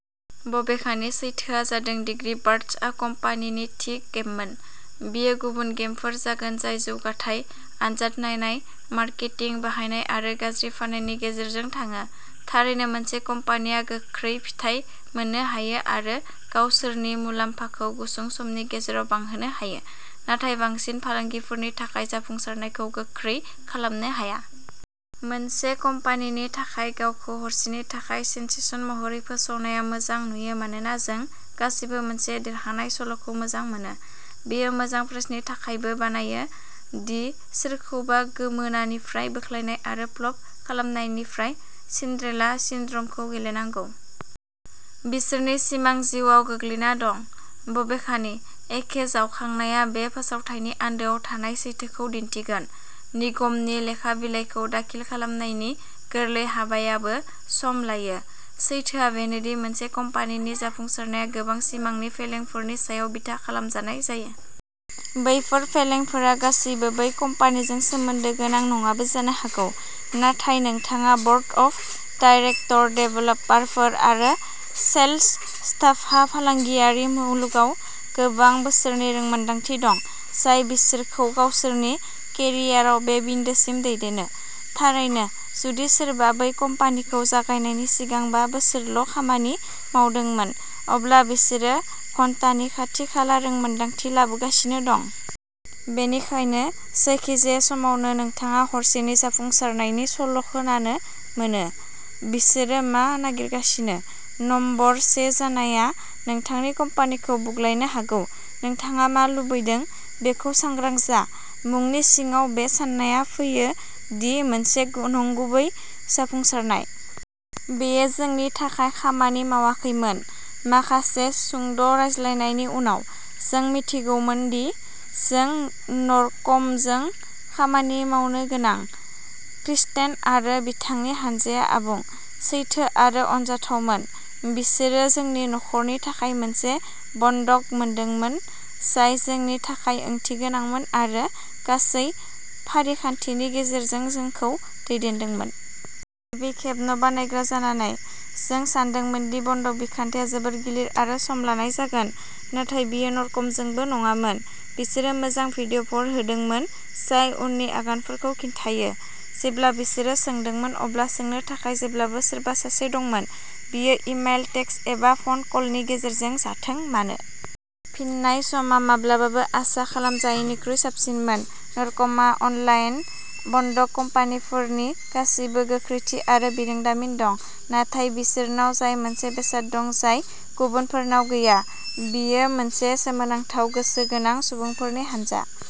बबेखानि, सैथोआ जादों एंग्री बर्डसआ बे कम्पानिनि थि गेममोन। बेयो गुबुन गेमफोर जागोन जाय जौगाथाय, आनजाद नायनाय, मार्केटिं, बाहायनाय आरो गाज्रि फाननायनि गेजेरजों थाङो। थारैनो, मोनसे कम्पानिआ गोख्रै फिथाय मोननो हायो आरो गावसोरनि मुलाम्फाखौ गुसुं समनि गेजेराव बांहोनो हायो, नाथाय बांसिन फालांगिफोरनि थाखाय जाफुंसारनायखौ गोख्रै खालामनो हाया। मोनसे कम्पानिनि थाखाय गावखौ हरसेनि थाखाय सेनसेसन महरै फोसावनाया मोजां नुयो मानोना जों गासैबो मोनसे देरहानाय सल'खौ मोजां मोनो। बेयो मोजां प्रेसनि थाखायबो बानायो दि सोरखौबा गोमोनानिफ्राय बोख्लायनाय आरो प्लप खालामजानायनिफ्राय सिन्ड्रेला सिनड्रमखौ गेलेनांगौ। बिसोरनि सिमां जिउआव गोग्लैना दं। बबेखानि, एसे जावखांनाया बे फोसावथायनि आन्दोआव थानाय सैथोखौ दिन्थिगोन। निगमनि लेखा बिलाइफोरखौ दाखिल खालामनायनि गोरलै हाबायाबो सम लायो। सैथोआ बेनो दि मोनसे कम्पानिनि जाफुंसारनाया गोबां सिगांनि फेलेंफोरनि सायाव बिथा खालामजानाय जायो। बैफोर फेलेंफोरा गासैबो बै कम्पानिजों सोमोन्दो गोनां नङाबो जानो हागौ, नाथाय नोंथाङा ब'र्ड अफ डाइरेकटर, देभेलपारफोर आरो सेल्स स्टाफहा फालांगियारि मुलुगाव गोबां बोसोरनि रोंमोनदांथि दं, जाय बिसोरखौ गावसोरनि केरियारआव बे बिन्दोसिम दैदेनो। थारैनो, जुदि सोरबा बै कम्पानिखौ जागायनायनि सिगां बा बोसोरल'खामानि मावदोंमोन, अब्ला बिसोरो घन्टानि खाथि-खाला रोंमोनदांथि लाबोगासिनो दं। बेनिखायनो, जायखिजाया समावनो नोंथाङा हरसेनि जाफुंसारनायनि सल'खोनानो मोनो, "बिसोरो मा नागारगासिनो? " नम्बर से जानाया नोंथांनि कम्पानिखौ बुग्लायनो हागौ। "नोंथाङा मा लुबैदों बेखौ सांग्रां जा" मुंनि सिङाव बे साननाया फैयो दि मोनसे नंगुबै जाफुंसारनाय। बेयो जोंनि थाखाय खामानि मावाखैमोन। माखासे सुंद'रायज्लायनायनि उनाव, जों मिथिदोंमोन दि जों न'रकमजों खामानि मावनो गोनां। क्रिस्टेन आरो बिथांनि हान्जाया आबुं, सैथो आरो अनजाथावमोन। बिसोरो जोंनि न'खरनि थाखाय मोनसे बन्दक मोनदोंमोन जाय जोंनि थाखाय ओंथिगोनांमोन आरो गासै फारिखान्थिनि गेजेरजों जोंखौ दैदेनदोंमोन। गिबि खेब न'बायग्रा जानानै, जों सान्दोंमोन दि बन्दक बिखान्थिया जोबोद गिलिर आरो सम लानाय जागोन, नाथाय बेयो न'रकमजोंबो नङामोन। बिसोरो मोजां भिडिय'फोर होदोंमोन जाय उननि आगानफोरखौ खिन्थायो। जेब्ला बिसोर सोंदोंमोन अब्ला सोंनो थाखाय जेब्लाबो सोरबा सासे दंमोन, बेयो इमेल, टेक्सट, एबा फ'न कलनि गेजेरजों जाथों मानो। फिननाय समा माब्लाबाबो आसा खालामजायैनिख्रुइ साबसिनमोन। न'रकमहा अनलाइन बन्दक कम्पानिफोरनि गासैबो गोख्रैथि आरो बिरोंदामिन दं, नाथाय बिसोरनाव जाय मोनसे बेसाद दं जाय गुबुनफोरनाव गैया, बेयो मोनसे सोमोनांथाव गोसो गोनां सुबुंफोरनि हानजा।